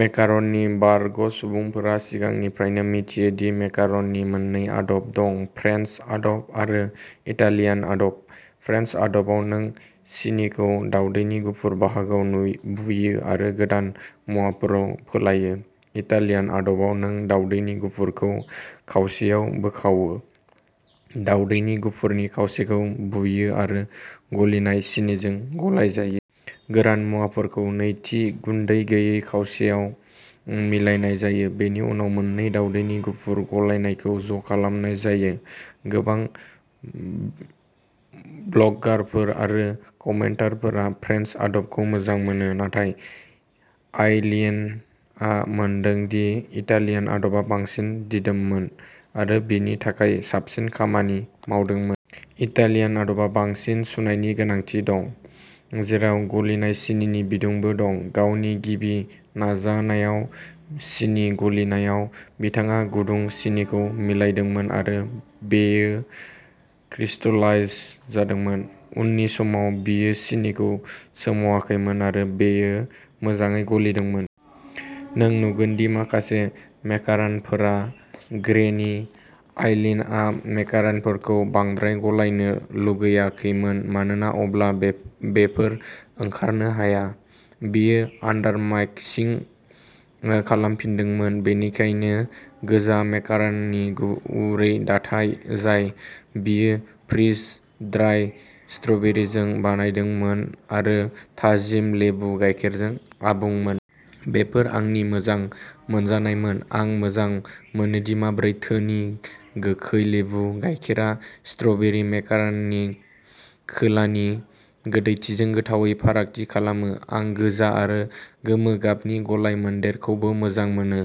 मेकारननि बारग'सुबुंफोरा सिगांनिफ्रायनो मिथियो दि मेकारननि मोननै आदब दं-फ्रेन्स आदब आरो इटालियान आदब। फ्रेन्स आदबाव, नों सिनिखौ दावदैनि गुफुर बाहागोआव बुयो आरो गोरान मुवाफोराव फोलायो। इटालियान आदबाव, नों दावदैनि गुफुरखौ खावसेयाव बोखावो। दावदैनि गुफुरनि खावसेखौ बुयो आरो गलिनाय सिनिजों गलायजायो। गोरान मुवाफोरखौ नैथि, गुन्दै गैयै खावसेयाव मिलायनाय जायो। बेनि उनाव मोन्नै दावदैनि गुफुर गलायनायखौ ज'खालामनाय जायो। गोबां ब्लगारफोर आरो कमेन्टारफोरा फ्रेन्स आदबखौ मोजां मोनो, नाथाय आइलीनआ मोनदों दि इटालियान आदबा बांसिन दिदोममोन, आरो बिनि थाखाय साबसिन खामानि मावदोंमोन। इटालियान आदबा बांसिन सुनायनि गोनांथि दं, जेराव गलिनाय सिनिनि बिदुंबो दं। गावनि गिबि नाजानायाव सिनि गलिनायाव, बिथाङा गुदुं सिनिखौ मिलायदोंमोन आरो बेयो क्रिस्टलाइज जादोंमोन। उननि समाव। बियो सिनिखौ सोमावाखैमोन आरो बेयो मोजाङै गलिदोंमोन। नों नुगोन दि माखासे मेकारनफोरा ग्रेनि। आइलीनआ मेकारनफोरखौ बांद्राय गलायनो लुगैाखैमोन मानोना अब्ला बेफोर ओंखारनो हाया। बियो आन्दारमाइक्सिं खालामफिनदोंमोन-बेनिखायनो गोजा मेकारननि गुरै दाथाय जाय बियो फ्रिज-ड्राइ स्ट्र'बेरिजों बानायदोंमोन आरो थाजिम लेबु गाइखेरजों आबुंमोन। बेफोर आंनि मोजां मोनजानायमोन। आं मोजां मोनोदि माबोरै धोनि, गोखै लेबु गाइखेरआ स्ट्र'बेरि मेकारननि खोलानि गोदैथिजों गोथावै फारागथि खालामो। आं गोजा आरो गोमो गाबनि गलायमोन्देरखौबो मोजां मोनो।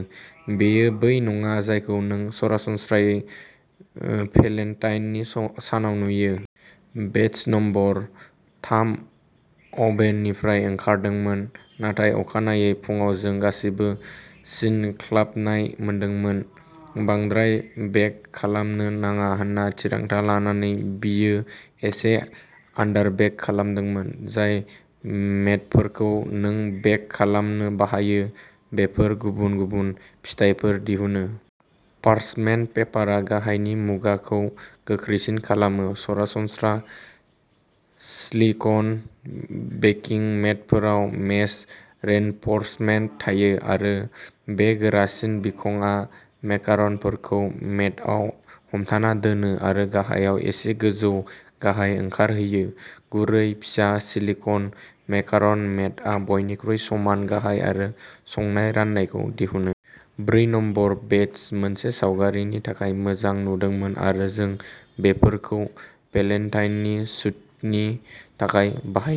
बेयो बै नङा जायखौ नों सरासनस्रायै ओ भेलेन्टाइननि सानाव नुयो। बेच नम्बर थाम अभेननिफ्राय ओंखारदोंमोन, नाथाय अखानायै फुंआव जों गासैबो सिनख्लाबनाय मोनदोंमोन। बांद्राय बेक खालामनो नाङा होनना थिरांथा लानानै, बियो एसे आन्दारबेक खालामदोंमोन। जाय मेटफोरखौ नों बेक खालामनो बाहायो, बेफोर गुबुन गुबुन फिथायफोर दिहुनो। पार्चमेन्ट पेपारआ गाहायनि मुगाखौ गोख्रैसिन खालामो। सरासनस्रा स्लिक'न बेकिं मेटफोराव मेश रिइनफोर्समेन्ट थायो, आरो बे गोरासिन बिखंआ मेकार'नफोरखौ मेटआव हमथाना दोनो आरो गाहायाव एसे गोजौ-गाहाय ओंखारहोयो। गुरै, फिसा सिलिक'न मेकार'न मेटआ बयनिख्रुइ समान गाहाय आरो संनाय राननायखौ दिहुनो। ब्रै नम्बर बेच मोनसे सावगारिनि थाखाय मोजां नुदोंमोन आरो जों बेफोरखौ भेलेन्टाइननि शूटनि थाखाय बाहायदोंमोन।